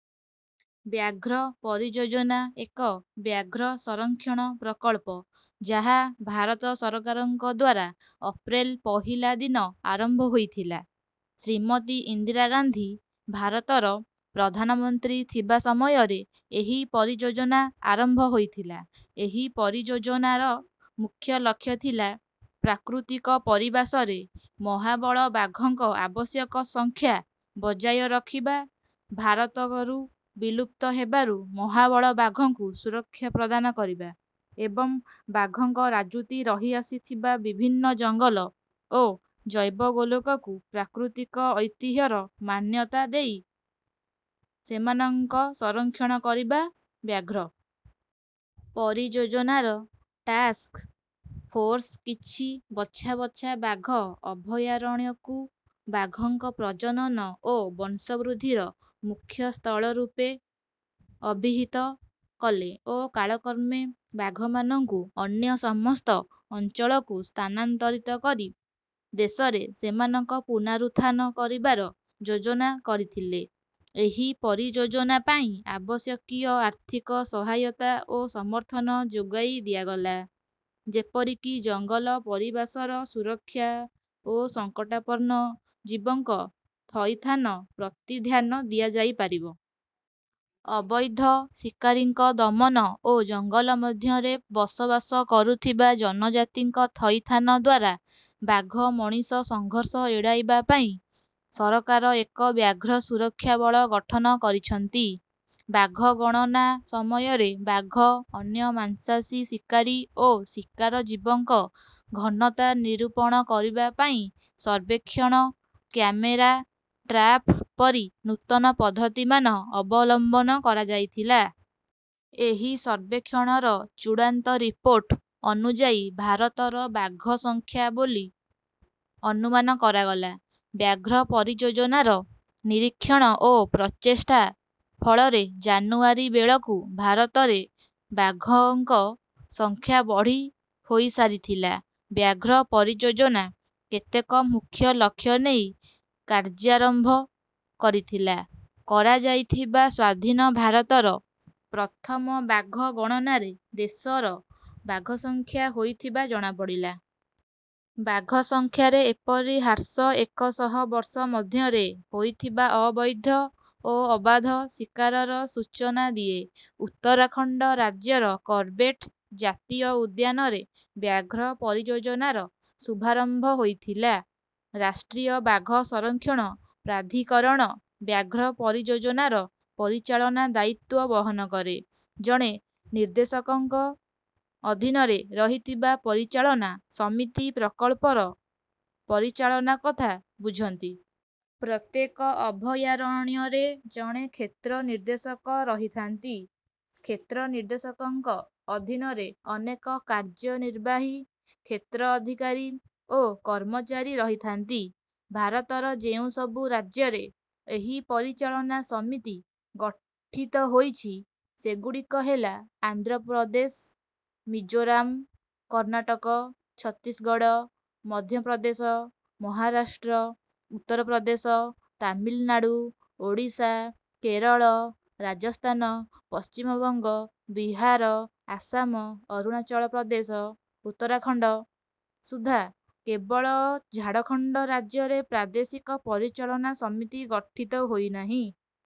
ବ୍ୟାଘ୍ର ପରିଯୋଜନା ଏକ ବ୍ୟାଘ୍ର ସଂରକ୍ଷଣ ପ୍ରକଳ୍ପ, ଯାହା ଭାରତ ସରକାରଙ୍କ ଦ୍ୱାରା ଅପ୍ରେଲ୍ ପହିଲା ଦିନ ଆରମ୍ଭ ହୋଇଥିଲା। ଶ୍ରୀମତୀ ଇନ୍ଦିରା ଗାନ୍ଧୀ ଭାରତର ପ୍ରଧାନମନ୍ତ୍ରୀ ଥିବା ସମୟରେ ଏହି ପରିଯୋଜନା ଆରମ୍ଭ ହୋଇଥିଲା। ଏହି ପରିଯୋଜନାର ମୁଖ୍ୟ ଲକ୍ଷ୍ୟ ଥିଲା ପ୍ରାକୃତିକ ପରିବାସରେ ମହାବଳ ବାଘଙ୍କ ଆବଶ୍ୟକ ସଂଖ୍ୟା ବଜାୟ ରଖିବା, ଭାରତରୁ ବିଲୁପ୍ତ ହେବାରୁ ମହାବଳ ବାଘଙ୍କୁ ସୁରକ୍ଷା ପ୍ରଦାନ କରିବା ଏବଂ ବାଘଙ୍କ ରାଜୁତି ରହିଆସିଥିବା ବିଭିନ୍ନ ଜଙ୍ଗଲ ଓ ଜୈବଗୋଲକକୁ ପ୍ରାକୃତିକ ଐତିହ୍ୟର ମାନ୍ୟତା ଦେଇ ସେମାନଙ୍କ ସଂରକ୍ଷଣ କରିବା। ବ୍ୟାଘ୍ର ପରିଯୋଜନାର ଟାସ୍କ୍ ଫୋର୍ସ୍ କିଛି ବଛା ବଛା ବାଘ ଅଭୟାରଣ୍ୟକୁ ବାଘଙ୍କ ପ୍ରଜନନ ଓ ବଂଶବୃଦ୍ଧିର ମୁଖ୍ୟ ସ୍ଥଳ ରୂପେ ଅଭିହିତ କଲେ ଓ କାଳକ୍ରମେ ବାଘମାନଙ୍କୁ ଅନ୍ୟ ସମସ୍ତ ଅଞ୍ଚଳକୁ ସ୍ଥାନାନ୍ତରିତ କରି ଦେଶରେ ସେମାନଙ୍କ ପୁନରୁତ୍ଥାନ କରିବାର ଯୋଜନା କରିଥିଲେ। ଏହି ପରିଯୋଜନା ପାଇଁ ଆବଶ୍ୟକୀୟ ଆର୍ଥିକ ସହାୟତା ଓ ସମର୍ଥନ ଯୋଗାଇ ଦିଆଗଲା, ଯେପରିକି ଜଙ୍ଗଲ ପରିବାସର ସୁରକ୍ଷା ଓ ସଙ୍କଟାପନ୍ନ ଜୀବଙ୍କ ଥଇଥାନ ପ୍ରତି ଧ୍ୟାନ ଦିଆଯାଇପାରିବ। ଅବୈଧ ଶିକାରୀଙ୍କ ଦମନ ଓ ଜଙ୍ଗଲ ମଧ୍ୟରେ ବସବାସ କରୁଥିବା ଜନଜାତିଙ୍କ ଥଇଥାନ ଦ୍ୱାରା ବାଘ ମଣିଷ ସଂଘର୍ଷ ଏଡ଼ାଇବା ପାଇଁ ସରକାର ଏକ ବ୍ୟାଘ୍ର ସୁରକ୍ଷା ବଳ ଗଠନ କରିଛନ୍ତି। ବାଘ ଗଣନା ସମୟରେ ବାଘ, ଅନ୍ୟ ମାଂସାସୀ ଶିକାରୀ ଓ ଶିକାର ଜୀବଙ୍କ ଘନତା ନିରୂପଣ କରିବା ପାଇଁ ସର୍ବେକ୍ଷଣ, କ୍ୟାମେରା ଟ୍ରାପ୍ ପରି ନୂତନ ପଦ୍ଧତିମାନ ଅବଲମ୍ବନ କରାଯାଇଥିଲା। ଏହି ସର୍ବେକ୍ଷଣର ଚୂଡ଼ାନ୍ତ ରିପୋର୍ଟ ଅନୁଯାୟୀ ଭାରତର ବାଘ ସଂଖ୍ୟା ବୋଲି ଅନୁମାନ କରାଗଲା। ବ୍ୟାଘ୍ର ପରିଯୋଜନାର ନିରୀକ୍ଷଣ ଓ ପ୍ରଚେଷ୍ଟା ଫଳରେ ଜାନୁଆରୀ ବେଳକୁ ଭାରତରେ ବାଘଙ୍କ ସଂଖ୍ୟା ବଢ଼ି ହୋଇସାରିଥିଲା। ବ୍ୟାଘ୍ର ପରିଯୋଜନା କେତେକ ମୁଖ୍ୟ ଲକ୍ଷ୍ୟ ନେଇ କାର୍ଯ୍ୟାରମ୍ଭ କରିଥିଲା। କରାଯାଇଥିବା ସ୍ୱାଧୀନ ଭାରତର ପ୍ରଥମ ବାଘ ଗଣନାରେ ଦେଶର ବାଘ ସଂଖ୍ୟା ହୋଇଥିବା ଜଣାପଡ଼ିଲା। ବାଘସଂଖ୍ୟାରେ ଏପରି ହ୍ରାସ ଏକ ଶହ ବର୍ଷ ମଧ୍ୟରେ ହୋଇଥିବା ଅବୈଧ ଓ ଅବାଧ ଶିକାରର ସୂଚନା ଦିଏ। ଉତ୍ତରାଖଣ୍ଡ ରାଜ୍ୟର କର୍ବେଟ୍ ଜାତୀୟ ଉଦ୍ୟାନରେ ବ୍ୟାଘ୍ର ପରିଯୋଜନାର ଶୁଭାରମ୍ଭ ହୋଇଥିଲା। ରାଷ୍ଟ୍ରୀୟ ବାଘ ସଂରକ୍ଷଣ ପ୍ରାଧିକରଣ ବ୍ୟାଘ୍ର ପରିଯୋଜନାର ପରିଚାଳନା ଦାୟିତ୍ୱ ବହନ କରେ। ଜଣେ ନିର୍ଦ୍ଦେଶକଙ୍କ ଅଧୀନରେ ରହିଥିବା ପରିଚାଳନା ସମିତି ପ୍ରକଳ୍ପର ପରିଚାଳନା କଥା ବୁଝନ୍ତି। ପ୍ରତ୍ୟେକ ଅଭୟାରଣ୍ୟରେ ଜଣେ କ୍ଷେତ୍ର ନିର୍ଦ୍ଦେଶକ ରହିଥାନ୍ତି। କ୍ଷେତ୍ର ନିର୍ଦ୍ଦେଶକଙ୍କ ଅଧୀନରେ ଅନେକ କାର୍ଯ୍ୟନିର୍ବାହୀ, କ୍ଷେତ୍ର ଅଧିକାରୀ ଓ କର୍ମଚାରୀ ରହିଥାନ୍ତି। ଭାରତର ଯେଉଁସବୁ ରାଜ୍ୟରେ ଏହି ପରିଚାଳନା ସମିତି ଗଠିତ ହୋଇଛି, ସେଗୁଡ଼ିକ ହେଲା ଆନ୍ଧ୍ର ପ୍ରଦେଶ, ମିଜୋରାମ, କର୍ଣ୍ଣାଟକ, ଛତିଶଗଡ଼, ମଧ୍ୟପ୍ରଦେଶ, ମହାରାଷ୍ଟ୍ର, ଉତ୍ତର ପ୍ରଦେଶ, ତାମିଲନାଡ଼ୁ, ଓଡ଼ିଶା, କେରଳ, ରାଜସ୍ଥାନ, ପଶ୍ଚିମବଙ୍ଗ, ବିହାର, ଆସାମ, ଅରୁଣାଚଳ ପ୍ରଦେଶ, ଉତ୍ତରାଖଣ୍ଡ। ସୁଦ୍ଧା କେବଳ ଝାଡ଼ଖଣ୍ଡ ରାଜ୍ୟରେ ପ୍ରାଦେଶିକ ପରିଚାଳନା ସମିତି ଗଠିତ ହୋଇନାହିଁ।